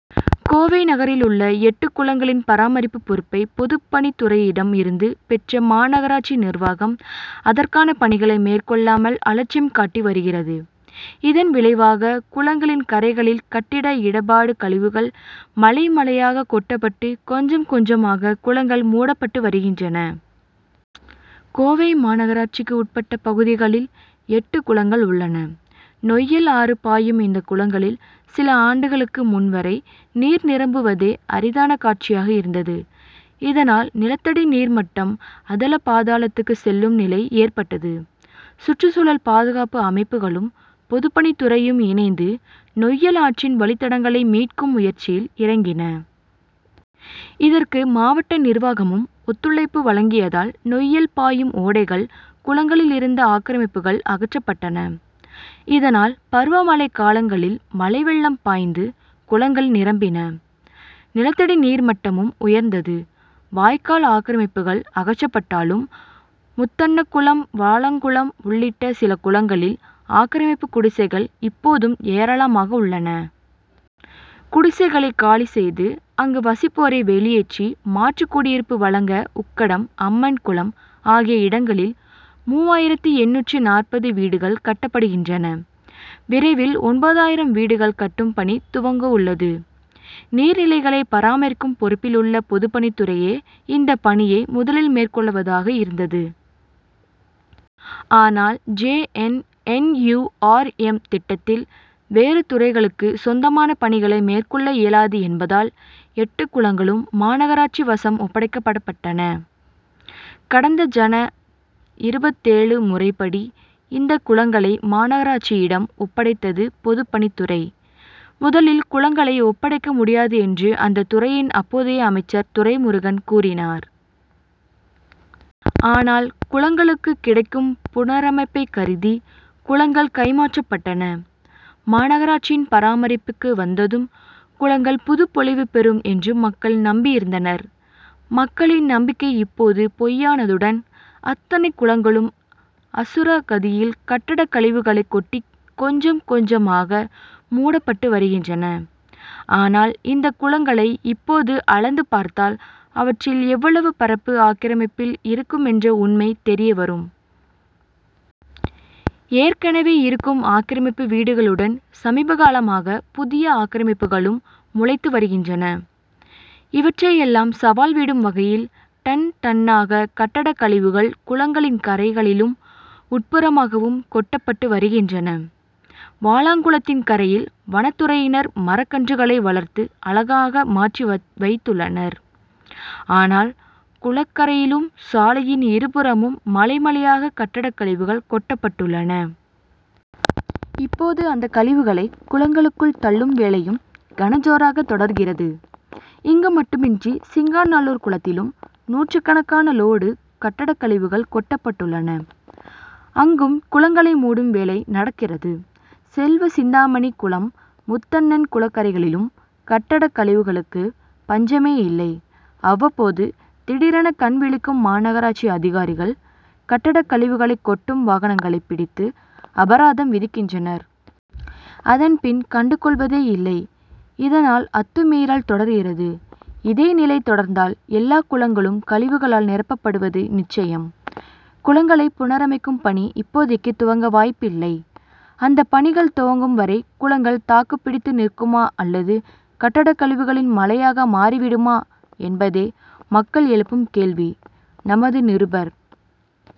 கோவை நகரிலுள்ள எட்டு குளங்களின் பராமரிப்பு பொறுப்பை பொதுப்பணித்துறையிடம் இருந்து பெற்ற மாநகராட்சி நிர்வாகம், அதற் கான பணிகளை மேற்கொள்ளாமல் அலட்சியம் காட்டி வருகிறது. இதன் விளைவாக, குளங்களின் கரைகளில் கட்டட இடிபாடு கழிவுகள் மலை, மலையாக கொட்டப்பட்டு கொஞ்சம், கொஞ்சமாக குளங்கள் மூடப்பட்டு வருகின்றன. கோவை மாநகராட்சிக்குட்பட்ட பகுதிகளில் எட்டு குளங்கள் உள்ளன. நொய்யல் ஆறு பாயும் இந்த குளங்களில், சில ஆண்டுகளுக்கு முன் வரை நீர் நிரம்புவதே அரிதான காட்சியாக இருந்தது. இதனால், நிலத்தடி நீர் மட்டம் அதல பாதாளத்துக்கு செல்லும் நிலை ஏற்பட்டது. சுற்றுச்சூழல் பாதுகாப்பு அமைப்புகளும், பொதுப்பணித்துறையும் இணைந்து நொய்யல் ஆற்றின் வழித்தடங்களை மீட்கும் முயற்சியில் இறங்கின. இதற்கு மாவட்ட நிர்வாகமும் ஒத்துழைப்பு வழங்கியதால் நொய்யல் பாயும் ஓடைகள், குளங்களில் இருந்த ஆக்கிரமிப்புகள் அகற்றப்பட்டன. இதனால் பருவமழை காலங்களில் மழைவெள்ளம் பாய்ந்து குளங்கள் நிரம்பின. நிலத்தடி நீர் மட்டமும் உயர்ந்தது. வாய்க்கால் ஆக்கிரமிப்புகள் அகற்றப்பட்டாலும் முத்தண்ணன்குளம், வாலாங்குளம் உள்ளிட்ட சில குளங்களில் ஆக்கிரமிப்பு குடிசைகள் இப்போதும் ஏராளமாக உள்ளன. குடிசைகளை காலி செய்து, அங்கு வசிப்போரை வெளியேற்றி மாற்று குடியிருப்பு வழங்க உக்கடம், அம்மன் குளம் ஆகிய இடங்களில் மூவாயிரத்து எண்ணூற்று நாற்பது வீடுகள் கட்டப்படுகின்றன. விரைவில் ஒன்பதாயிரம் வீடுகள் கட்டும் பணி துவங்கவுள்ளது. நீர்நிலைகளை பராமரிக்கும் பொறுப்பிலுள்ள பொதுப்பணித்துறையே, இந்த பணியை முதலில் மேற்கொள்வதாக இருந்தது. ஆனால் J. N. N. U. R. M. திட்டத்தில் வேறு துறைகளுக்கு சொந்தமான பணிகளை மேற்கொள்ள இயலாது என்பதால் எட்டு குளங்களும் மாநகராட்சி வசம் ஒப்படைக்கப்பட்டன. கடந்த ஜன.இருபத்தேழில் முறைப்படி இந்த குளங்களை மாநகராட்சியிடம் ஒப்படைத்தது பொதுப்பணித்துறை. முதலில் குளங்களை ஒப்படைக்க முடியாது என்று அந்த துறையின் அப்போதைய அமைச்சர் துரைமுருகன் கூறினார். ஆனால் குளங்களுக்குக் கிடைக்கும் புனரமைப்பை கருதி குளங்கள் கைமாற்றப்பட்டன. மாநகராட்சியின் பராமரிப்புக்கு வந்ததும் குளங்கள் புதுப்பொலிவு பெறும் என்று மக்கள் நம்பியிருந்தனர். மக்களின் நம்பிக்கை இப்போது பொய்யானதுடன் அத்தனை குளங்களும் அசுர கதியில் கட்டடக் கழிவுகளை கொட்டி கொஞ்சம் கொஞ்சமாக மூடப்பட்டு வருகின்றன. ஆனால், இந்த குளங்களை இப்போது அளந்து பார்த்தால் அவற்றில் எவ்வளவு பரப்பு ஆக்கிரமிப்பில் இருக்குமென்ற உண்மை தெரியவரும். ஏற்கனவே இருக்கும் ஆக்கிரமிப்பு வீடுகளுடன் சமீபகாலமாக புதிய ஆக்கிரமிப்புகளும் முளைத்து வருகின்றன. இவற்றுக்கெல்லாம் சவால் விடும் வகையில் டன் டன் னாக கட்டட கழிவுகள் குளங்களின் கரைகளிலும் உட்புறமாகவும் கொட்டப்பட்டு வருகின்றன. வாலாங்குளத்தின் கரையில் வனத்துறையினர் மரக்கன்றுகளை வளர்த்து அழகாக மாற்றி வைத்துள்ளனர். ஆனால் குளக்கரையிலும் சாலையின் இரு புறமும் மலை மலையாக கட்டடக் கழிவுகள் கொட்டப்பட்டுள்ளன. இப்போது அந்த கழிவுகளை குளங்களுக்குள் தள்ளும் வேலையும் கனஜோராக தொடர்கிறது. இங்கு மட்டுமின்றி சிங்காநல்லூர் குளத்திலும் நூற்றுக்கணக்கான லோடு கட்டடக் கழிவுகள் கொட்டப்பட்டுள்ளன. அங்கும் குளங்களை மூடும் வேலை நடக்கிறது. செல்வசிந்தாமணி குளம் முத்தண்ணன் குளக்கரைகளிலும் கட்டடக் கழிவுகளுக்கு பஞ்சமேயில்லை. அவ்வப்போது திடீரென கண் விழிக்கும் மாநகராட்சி அதிகாரிகள் கட்டடக் கழிவுகளை கொட்டும் வாகனங்களை பிடித்து அபராதம் விதிக்கின்றனர். அதன்பின் கண்டுகொள்வதே இல்லை. இதனால் அத்துமீறல் தொடர்கிறது. இதே நிலை தொடர்ந்தால், எல்லா குளங்களும் கழிவுகளால் நிரப்பப்படுவது நிச்சயம். குளங்களைப் புனரமைக்கும் பணி இப்போதைக்கு துவங்க வாய்ப்பில்லை. அந்த பணிகள் துவங்கும் வரை குளங்கள் தாக்குப்பிடித்து நிற்குமா அல்லது கட்டட கழிவுகளின் மலையாக மாறிவிடுமா என்பதே மக்கள் எழுப்பும் கேள்வி. நமது நிருபர்